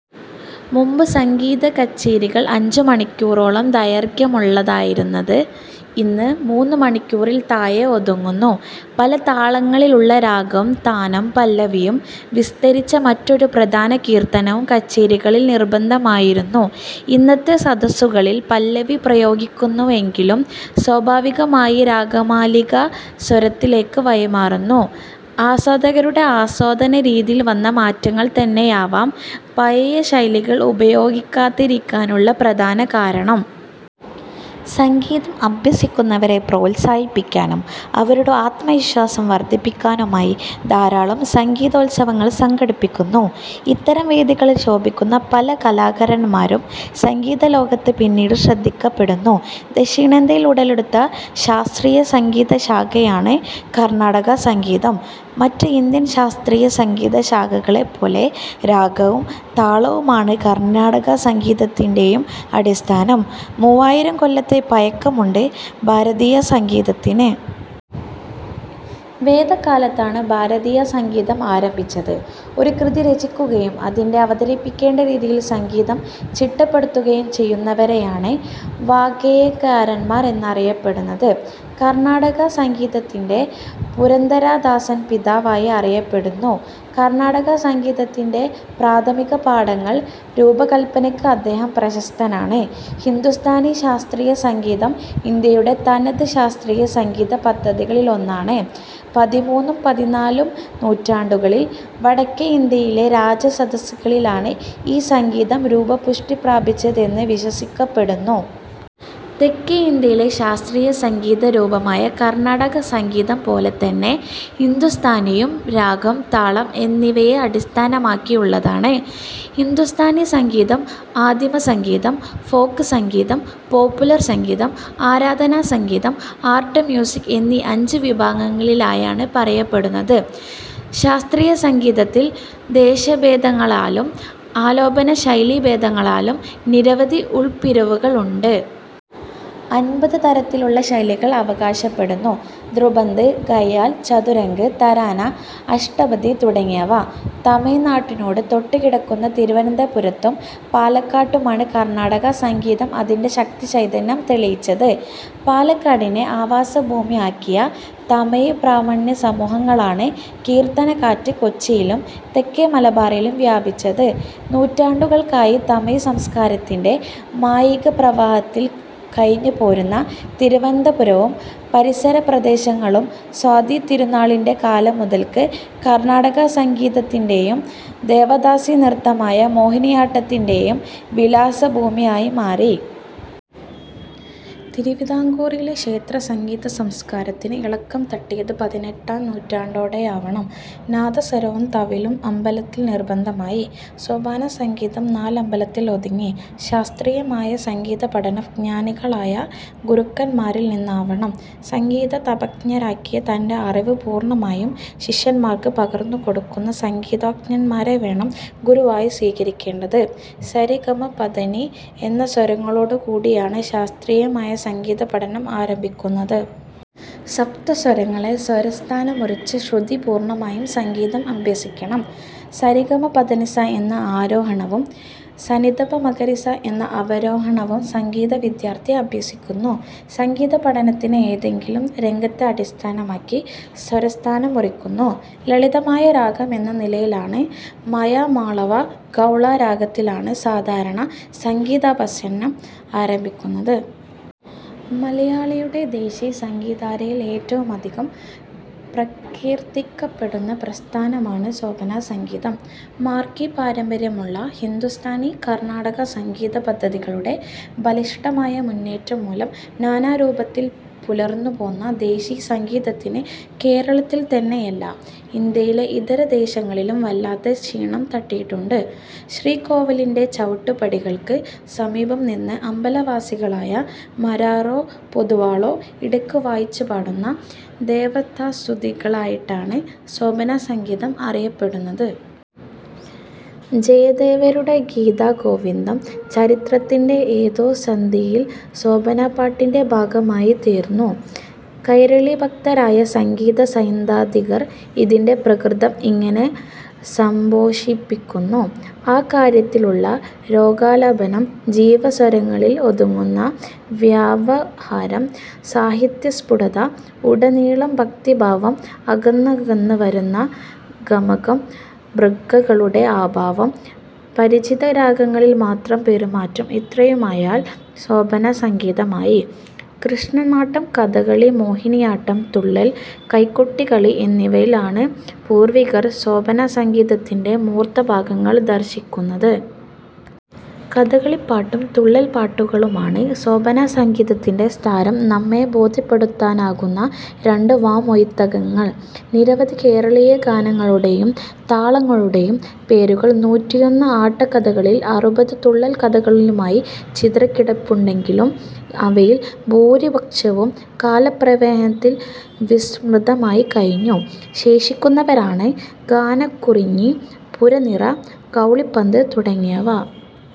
മുമ്പ് സംഗീതകച്ചേരികൾ അഞ്ചുമണിക്കൂറോളം ദൈർഘ്യമുണ്ടായിരുന്നത് ഇന്ന് മൂന്ന് മണിക്കൂറിൽ താഴെ ഒതുങ്ങുന്നു. പല താളങ്ങളിൽ ഉള്ള രാഗം താനം പല്ലവിയും വിസ്തരിച്ച മറ്റൊരു പ്രധാന കീർത്തനവും കച്ചേരികളിൽ നിർബന്ധമായിരുന്നു. ഇന്നത്തെ സദസ്സുകളിൽ പല്ലവി പ്രയോഗിക്കുന്നുവെങ്കിലും സ്വാഭാവികമായി രാഗമാലിക സ്വരത്തിലേക്ക് വഴിമാറുന്നു. ആസ്വാദകരുടെ ആസ്വാദനരീതിയിൽ വന്ന മാറ്റങ്ങൾ തന്നെയാവാം പഴയ ശൈലികൾ ഉപയോഗിക്കാതിരിക്കാനുള്ള പ്രധാന കാരണം. സംഗീതം അഭ്യസിക്കുന്നവരെ പ്രോത്സാഹിപ്പിക്കാനും അവരുടെ ആത്മവിശ്വാസം വർദ്ധിപ്പിക്കാനുമായി ധാരാളം സംഗീതോത്സവങ്ങൾ സംഘടിപ്പിക്കുന്നു. ഇത്തരം വേദികളിൽ ശോഭിക്കുന്ന പല കലാകാരന്മാരും സംഗീതലോകത്ത് പിന്നീട് ശ്രദ്ധിക്കപ്പെടുന്നു ദക്ഷിണേന്ത്യയിൽ ഉടലെടുത്ത ശാസ്ത്രീയസംഗീത ശാഖയാണ് കർണ്ണാടക സംഗീതം. മറ്റ് ഇന്ത്യൻ ശാസ്ത്രീയസംഗീത ശാഖകളെപ്പോലെ രാഗവും താളവുമാണ് കർണ്ണാടകസംഗീതത്തിന്റെയും അടിസ്ഥാനം. മൂവായിരം കൊല്ലത്തെ പയക്കമുണ്ട് ഭാരതീയസംഗീതത്തിന്. വേദകാലത്താണ് ഭാരതീയസംഗീതം ആരംഭിച്ചത്. ഒരു കൃതി രചിക്കുകയും അതിനെ അവതരിപ്പിക്കേണ്ട രീതിയിൽ സംഗീതം ചിട്ടപ്പെടുത്തുകയും ചെയ്യുന്നവരെയാണ് വാഗ്ഗേയകാരന്മാർ എന്നറിയപ്പെടുന്നത്. കർണാടകസംഗീതത്തിന്റെ പുരന്ദരദാസൻ പിതാവായി അറിയപ്പെടുന്നു. കർണാടകസംഗീതത്തിന്റെ പ്രാഥമികപാഠങ്ങൾ രൂപകൽപ്പനയ്ക്ക് അദ്ദേഹം പ്രശസ്തനാണ്. ഹിന്ദുസ്ഥാനി ശാസ്ത്രീയ സംഗീതം ഇന്ത്യയുടെ തനതു ശാസ്ത്രീയ സംഗീത പദ്ധതികളിലൊന്നാണ്. പതിമൂന്നും പതിനാലും നൂറ്റാണ്ടുകളിൽ വടക്കേ ഇന്ത്യയിലെ രാജ സദസ്സുകളിലാണ് ഈ സംഗീത രൂപം പുഷ്ടി പ്രാപിച്ചത് എന്നു വിശ്വസിക്കപ്പെടുന്നു. തെക്കേ ഇന്ത്യയിലെ ശാസ്ത്രീയ സംഗീത രൂപമായ കർണാടക സംഗീതം പോലെ തന്നെ ഹിന്ദുസ്ഥാനിയും രാഗം, താളം എന്നിവയെ അടിസ്ഥാനമാക്കിയുള്ളതാണ്. ഹിന്ദുസ്ഥാനി സംഗീതം ആദിമസംഗീതം, ഫോക്സംഗീതം, പോപ്പുലർ സംഗീതം, ആരാധനാ സംഗീതം, ആർട്ട് മ്യൂസിക് എന്നീ അഞ്ചു വിഭാഗങ്ങളിലായാണ് പറയപ്പെടുന്നത്. ശാസ്ത്രീയസംഗീതത്തിൽ ദേശഭേദങ്ങളാലും ആലാപനശൈലീഭേദങ്ങളാലും നിരവധി ഉൾപ്പിരിവുകൾ ഉണ്ട്. അൻപത് തരത്തിലുള്ള ശൈലികൾ അവകാശപ്പെടുന്നു. ധ്രുപദ്, ഖയാൽ, ചതുരംഗ്, തരാന, അഷ്ടപദി തുടങ്ങിയവ. തമിഴ്നാടിനോട് തൊട്ട്കിടക്കുന്ന തിരുവനന്തപുരത്തും പാലക്കാട്ടുമാണ് കർണാടക സംഗീതം അതിന്റെ ശക്തി ചൈതന്യം തെളിയിച്ചത്. പാലക്കാടിനെ ആവാസഭൂമിയാക്കിയ തമിഴ് ബ്രാഹ്മണ സമൂഹങ്ങളാണ് 'കീർത്തനക്കാറ്റ്' കൊച്ചിയിലും തെക്കേ മലബാറിലും വ്യാപിപ്പിച്ചത്. നൂറ്റാണ്ടുകളായി തമിഴ് സംസ്കാരത്തിന്റെ മായികപ്രഭാവത്തിൽ കഴിഞ്ഞ്പോരുന്ന തിരുവനന്തപുരവും പരിസര പ്രദേശങ്ങളും സ്വാതി തിരുനാളിന്റെ കാലം മുതൽക്ക് കർണാടകസംഗീതത്തിന്റെയും ദേവദാസി നൃത്തമായ മോഹിനിയാട്ടത്തിന്റെയും വിലാസഭൂമിയായി മാറി. തിരുവിതാംകൂറിലെ ക്ഷേത്രസംഗീതസംസ്കാരത്തിന് ഇളക്കം തട്ടിയത് പതിനെട്ടാം നൂറ്റാണ്ടോടെയാവണം. നാദസ്വരവും തവിലും അമ്പലങ്ങളിൽ നിർബന്ധമായി. സോപാന സംഗീതം നാലമ്പലത്തിൽ ഒതുങ്ങി. ശാസ്ത്രീയമായ സംഗീതപഠനം ജ്ഞാനികളായ ഗുരുക്കൻമാരിൽ നിന്നാവണം. സംഗീതം തപശ്ചര്യയാക്കിയ തന്റെ അറിവ് പൂർണമായും ശിഷ്യൻമാർക്ക് പകർന്നുകൊടുക്കുന്ന സംഗീതജ്ഞൻമാരേ വേണം ഗുരുവായി സ്വീകരിക്കേണ്ടത്. സ, രി ,ഗ, മ ,പ ,ധ ,നി എന്ന സ്വരങ്ങളോടുകൂടിയാണ് ശാസ്ത്രീയമായ സംഗീതപഠനം ആരംഭിക്കുന്നത്. സപ്ത സ്വരങ്ങളെ സ്വരസ്ഥാനമുറപ്പിച്ച് ശ്രുതി പൂർണമായി സംഗീതം അഭ്യസിക്കണം. സരിഗമപധനിസ എന്ന ആരോഹണവും സനിധപമഗരിസ എന്ന അവരോഹണവും സംഗീത വിദ്യാർത്ഥി അഭ്യസിക്കുന്നു. സംഗീത പഠനത്തിന് ഏതെങ്കിലും രാഗത്തെ അടിസ്ഥാനമാക്കി സ്വരസ്ഥാനമുറപ്പിക്കുന്നു. ലളിതമായ രാഗം എന്ന നിലയിൽ മായാമാളവ ഗൗള രാഗത്തിലാണ് സാധാരണ സംഗീതാഭ്യസനം ആരംഭിക്കുന്നത്. മലയാളിയുടെ 'ദേശി' സംഗീതധാരയിൽ ഏറ്റവുമധികം പ്രകീർത്തിക്കപ്പെടുന്ന പ്രസ്ഥാനമാണ് സോപാനസംഗീതം. 'മാർഗി' പാരമ്പര്യമുള്ള ഹിന്ദുസ്ഥാനി-കർണാടക സംഗീത പദ്ധതികളുടെ ബലിഷ്ടമായ മുന്നേറ്റം മൂലം നാനാരൂപത്തിൽ പുലർന്നുപോന്ന 'ദേശി' സംഗീതത്തിന് കേരളത്തിൽതന്നെയല്ല ഇന്ത്യയിലെ ഇതരദേശങ്ങളിലും വല്ലാത്ത ക്ഷീണം തട്ടിയിട്ടുണ്ട്. ശ്രീകോവിലിന്റെ ചവിട്ടുപടികൾക്ക് സമീപം നിന്ന് അമ്പലവാസികളായ മാരാരോ പൊതുവാളോ ഇടക്ക് വായിച്ച് പാടുന്ന ദേവതാസ്തുതികളായിട്ടാണ് സോപാന സംഗീതം അറിയപ്പെടുന്നത്. ജയദേവരുടെ ഗീതാഗോവിന്ദം ചരിത്രത്തിന്റെ ഏതോ സന്ധിയിൽ സോപാനപ്പാട്ടിന്റെ ഭാഗമായി തീർന്നു. കൈരളീഭക്തരായ സംഗീതസൈദ്ധാന്തികർ ഇതിന്റെ പ്രകൃതം ഇങ്ങനെ സംക്ഷേപിക്കുന്നു. 'അ' കാരത്തിൽ ഉള്ള രാഗാലാപനം, ജീവസ്വരങ്ങളിൽ ഒതുങ്ങുന്ന വ്യവഹാരം, സാഹിത്യ സ്ഫുടത, ഉടനീളം ഭക്തിഭാവം, അകന്നകന്ന് വരുന്ന ഗമകം,'ഭൃഗ'കളുടെ അഭാവം, പരിചിത രാഗങ്ങളിൽ മാത്രം പെരുമാറ്റം ഇത്രയുമായാൽ സോപാന സംഗീതമായി. കൃഷ്ണനാട്ടം, കഥകളി, മോഹിനിയാട്ടം, തുള്ളൽ, കൈകൊട്ടിക്കളി എന്നിവയിൽ ആണ് പൂർവികർ സോപാനസംഗീതത്തിന്റെ മൂർത്തഭാവങ്ങൾ ദർശിക്കുന്നത്. കഥകളിപ്പാട്ടും തുള്ളൽപ്പാട്ടുകളുമാണ് സോപാനസംഗീതത്തിന്റെ സാരം നമ്മെ ബോദ്ധ്യപ്പെടുത്താനുതകുന്ന രണ്ട് വാമൊഴിത്തഴക്കങ്ങൾ. നിരവധി കേരളീയ ഗാനങ്ങളുടെയും താളങ്ങളുടെയും പേരുകൾ നൂറ്റിയൊന്ന് ആട്ടക്കഥകളിലും അറുപത് തുള്ളൽക്കഥകളിലുമായി ചിതറിക്കിടപ്പുണ്ടെങ്കിലും അവയിൽ ബഹുപൂരിപക്ഷവും കാലപ്രവാഹത്തിൽ വിസ്മൃതമായി കഴിഞ്ഞു. ശേഷിക്കുന്നവയാണ് കാനക്കുറിഞ്ഞി, പുറനിര, ഗൌളിപന്ത് തുടങ്ങിയവ